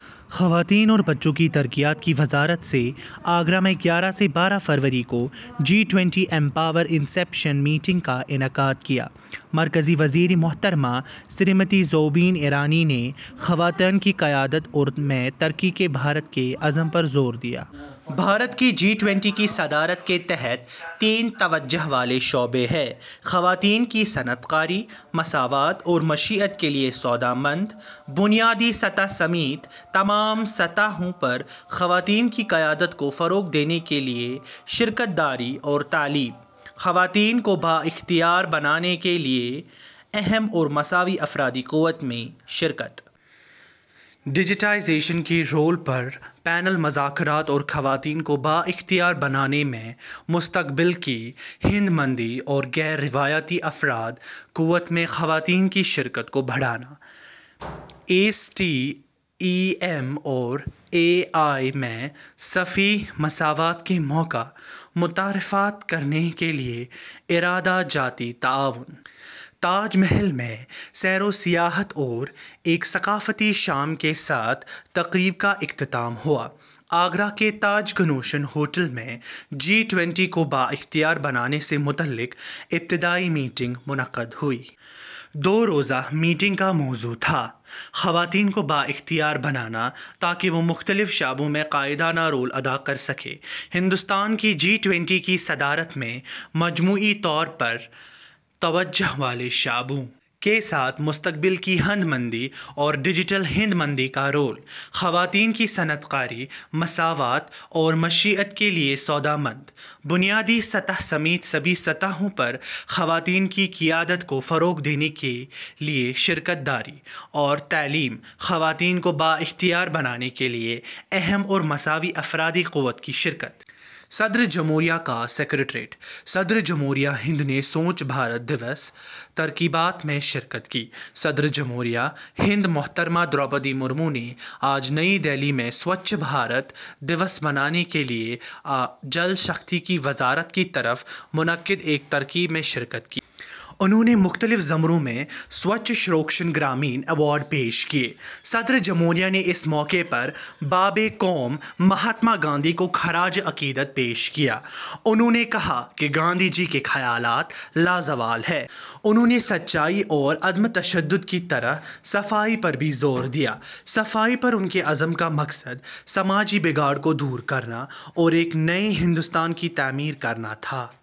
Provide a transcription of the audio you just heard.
خواتین اور بچوں کی ترقیات کی وزارت نے آگرہ میں گیارہ سے بارہ فروری کو G twenty empower inception meeting کا انعقاد کیا۔ مرکزی وزیر محترمہ اسمرتی زوبین ایرانی نے خواتین کی قیادت میں ترقی کے بھارت کے عزم پر زور دیا ہے۔ بھارت کی جی ٹوئنٹی کی صدارت کے تحت تین توجہ والے شعبے ہیں: خواتین کی صنعت کاری، مساوات اور معیشت کے لیے سود مند؛ بنیادی سطح سمیت تمام سطحوں پر خواتین کی قیادت کو فروغ دینے کے لیے شراکت داری اور تعلیم؛ خواتین کو بااختیار بنانے کے لیے اہم اور مساوی افرادی قوت کی شرکت۔ ڈیجیٹائزیشن کے رول پر پینل مذاکرات اور خواتین کو بااختیار بنانے میں مستقبل کی ہنرمندی اور غیر روایتی افرادی قوت میں خواتین کی شرکت کو بڑھانا، ایس ٹی ای ایم اور اے آئی میں صنفی مساوات کے مواقع متعارف کرانے کے لیے ادارہ جاتی تعاون۔ تاج محل میں سیر و سیاحت اور ایک ثقافتی شام کے ساتھ تقریب کا اختتام ہوا۔ آگرہ کے تاج کنونشن ہوٹل میں جی ٹوئنٹی کو بااختیار بنانے سے متعلق ابتدائی میٹنگ منعقد ہوئی۔ دو روزہ میٹنگ کا موضوع تھا: خواتین کو بااختیار بنانا تاکہ وہ مختلف شعبوں میں قائدانہ رول ادا کر سکیں، ہندوستان کی جی ٹوئنٹی کی صدارت میں مجموعی طور پر توجہ والے شعبوں کے ساتھ مستقبل کی ہنرمندی اور ڈیجیٹل ہنرمندی کا رول، خواتین کی صنعت کاری، مساوات اور معیشت کے لیے سود مند، بنیادی سطح سمیت سبھی سطحوں پر خواتین کی قیادت کو فروغ دینے کے لیے شراکت داری اور تعلیم، خواتین کو بااختیار بنانے کے لیے اہم اور مساوی افرادی قوت کی شرکت۔ صدر جمہوریہ کا سکریٹریٹ۔ صدر جمہوریہ ہند نے سوچھ بھارت دیوس کی تقریبات میں شرکت کی۔ صدر جمہوریہ ہند محترمہ دروپدی مرمو نے آج نئی دہلی میں سوچھ بھارت دیوس منانے کے لیے جل شکتی کی وزارت کی طرف سے منعقد ایک تقریب میں شرکت کی۔ انھوں نے مختلف زمروں میں سوچھ سرویکشن گرامین ایوارڈ پیش کیے۔ صدر جمہوریہ نے اس موقع پر بابائے قوم مہاتما گاندھی کو خراج عقیدت پیش کیا۔ انھوں نے کہا کہ گاندھی جی کے خیالات لازوال ہیں۔ انھوں نے سچائی اور عدم تشدد کی طرح صفائی پر بھی زور دیا۔ صفائی پر ان کے عزم کا مقصد سماجی بگاڑ کو دور کرنا اور ایک نئے ہندوستان کی تعمیر کرنا تھا۔